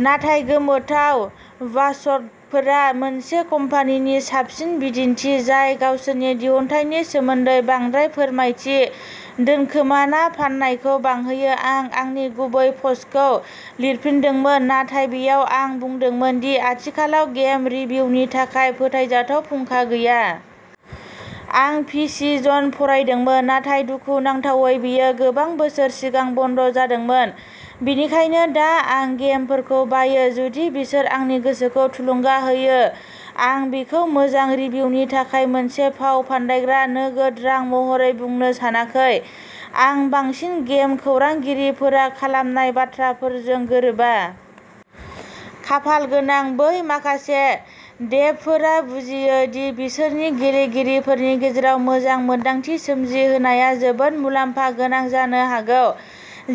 नाथाय गोमोथाव वाचडफोरा मोनसे कम्पानिनि साबसिन बिदिन्थि, जाय गावसोरनि दिहुनथायनि सोमोन्दै बांद्राय फोरमायथि दोनखोमाना फाननायखौ बांहोयो। आं आंनि गुबै पस्टखौ लिरफिनदोंमोन, नाथाय बेयाव आं बुंदोंमोन दि आथिखालाव गेम रिभिउनि थाखाय फोथायजाथाव फुंखा गैया। आं पि सि जन फरायदोंमोन, नाथाय दुखुनांथावै बेयो गोबां बोसोर सिगां बन्द' जादोंमोन, बेनिखायनो दा आं गेमफोरखौ बायो जुदि बिसोर आंनि गोसोखौ थुलुंगा होयो। आं बेखौ मोजां रिभिउनि थाखाय मोनसे फावफान्दायग्रा नोगोद रां महरै बुंनो सानाखै, आं बांसिन गेम खौरांगिरिफोरा खालामनाय बाथ्राफोरजों गोरोबा। खाफालगोनां बै माखासे डेभफोरा बुजियो दि बिसोरनि गेलेगिरिफोरनि गेजेराव मोजां मोन्दांथि सोमजिहोनाया जोबोद मुलाम्फा गोनां जानो हागौ,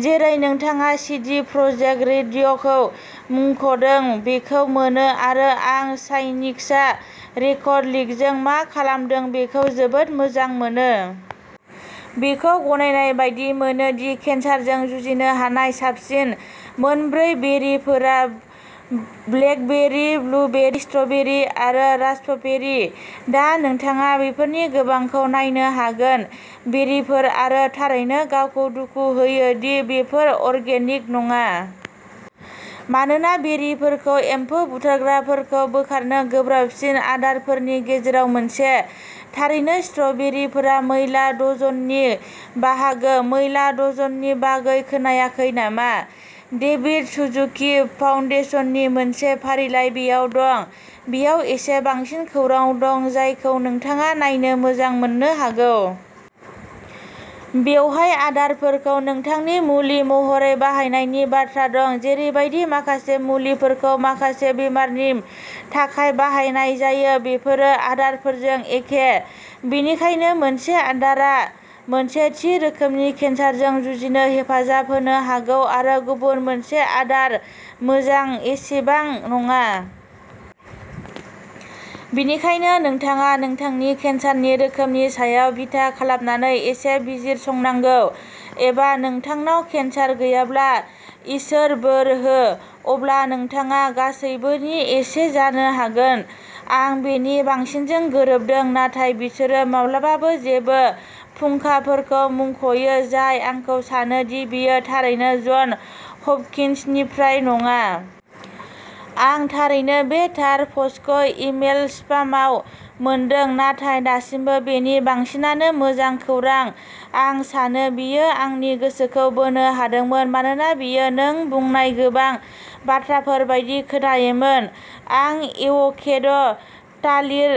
जेरै नोंथाङा सिडि प्रजेक्ट रेडिअ खौ मुंख'दों, बेखौ मोनो आरो आं साइनिक्सआ रकेट लीगजों मा खालामदों बेखौ जोबोद मोजां मोनो। बेखौ गनायनाय बादि मोनो दि केन्सारजों जुजिनो हानाय साबसिन मोन ब्रै बेरिफोरा ब्लेकबेरी, ब्लुबेरि, स्ट्र'बेरि आरो रास्पबेरी। दा, नोंथाङा बेफोरनि गोबांखौ नायनो हागोन। बेरिफोर आरो थारैनो गावखौ दुखु होयो दि बेफोर अर्गेनिक नङा। मानोना बेरिफोरा एम्फौ बुथारग्राफोरखौ बोखारनो गोब्राबसिन आदारफोरनि गेजेराव मोनसे। थारैनो स्ट्र'बेरिफोरा मैला डजननि बाहागो। मैला डजननि बागै खोनायाखै नामा? देभिद सुजुकि फाउन्डेशननि मोनसे फारिलाइ बेयाव दं। बेयाव एसे बांसिन खौराव दं जायखौ नोंथाङा नायनो मोजां मोननो हागौ। बेवहाय आदारफोरखौ नोंथांनि मुलि महरै बाहायनायनि बाथ्रा दं। जेरैबादि माखासे मुलिफोरखौ माखासे बेरामनि थाखाय बाहायनाय जायो, बेफोरो आदारफोरजों एखे। बेनिखायनो, मोनसे आदारा मोनसे थि रोखोमनि केन्सारजों जुजिनो हेफाजाब होनो हागौ आरो गुबुन मोनसे आदार मोजां एसेबां नङा। बेनिखायनो, नोंथाङा नोंथांनि केन्सारनि रोखोमनि सायाव बिथा खालामनानै एसे बिजिरसंनांगौ। एबा, नोंथांनाव केन्सार गैयाब्ला, इसोर बोर हो, अब्ला नोंथाङा गासैबोनि एसे जानो हागोन। आं बेनि बांसिनजों गोरोबदों नाथाय बिसोरो माब्लाबाबो जेबो फुंखाफोरखौ मुंख'यो जाय आंखौ सानो दि बेयो थारैनो जन हपकिन्सनिफ्राय नङा। आं थारैनो बे थार पस्टखौ इमेल स्पामआव मोनदों। नाथाय दासिमबो बेनि बांसिनानो मोजां खौरां, आं सानो। बेयो आंनि गोसोखौ बोनो हादोंमोन मानोना बेयो नों बुंनाय गोबां बाथ्राफोर बायदि खोनायोमोन। आं एव'केड', थालिर,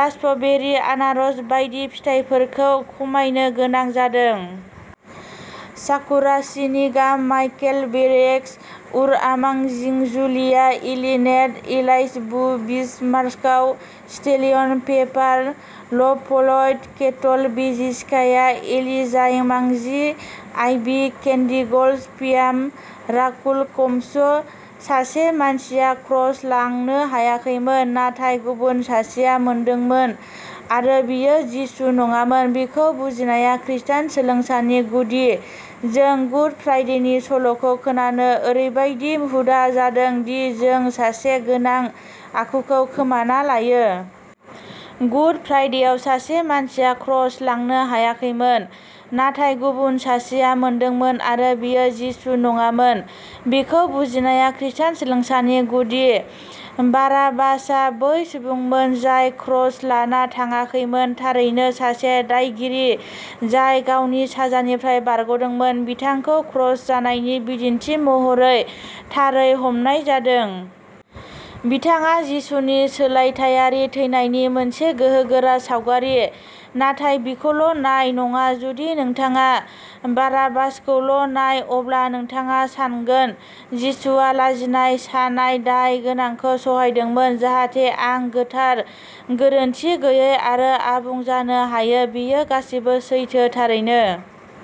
रास्पबेरी, आनारस बायदि फिथाइफोरखौ खमायनो गोनां जादों। साकुराशिनिगाम। माइकलभेरएक्स। उरआमाजिंजुलिया इलेनेट एलाइसबुबिसमार्कास स्टेलियन पेपार लभफ्लयड केटलभजेसिकाया एलिसाएमाजिं आइभि केन्डिगर्लस' फियाम' रफुलकमशो। सासे मानसिया क्रस लांनो हायाखैमोन। नाथाय गुबुन सासेआ मोनदोंमोन-आरो बियो जिसु नङामोन। बिखौ बुजिनाया खृस्टान सोलोंसानि गुदि। जों गुड फ्राइडेनि सल'खौ खोनानो ओरैबादि हुदा जादों, दि जों सासे गोनां आखुखौ खोमाना लायो। गुड फ्राइडेयाव, सासे मानसिया क्रस लांनो हायाखैमोन। नाथाय गुबुन सासेआ मोनदोंमोन-आरो बियो जिसु नङामोन। बिखौ बुजिनाया खृस्टान सोलोंसानि गुदि। बाराबासआ बै सुबुंमोन जाय क्रस लाना थाङाखैमोन, थारैनो। सासे दायगिरि जाय गावनि साजानिफ्राय बारग'दोंमोन, बिथांखौ क्रस जानायनि बिदिन्थि महरै थारै हमनाय जादों। बिथाङा जिसुनि सोलायथायारि थैनायनि मोनसे गोहोगोरा सावगारि। नाथाय बिखौल'नाय नङा जुदि नोंथाङा बाराबासखौल'नाय, अब्ला नोंथाङा सानगोन जिसुआ लाजिनाय, सानाय, दाय गोनांखौ सहायदोंमोन, जाहाथे आं गोथार, गोरोनथि गैयै आरो आबुं जानो हायो। बेयो गासैबो सैथो, थारैनो।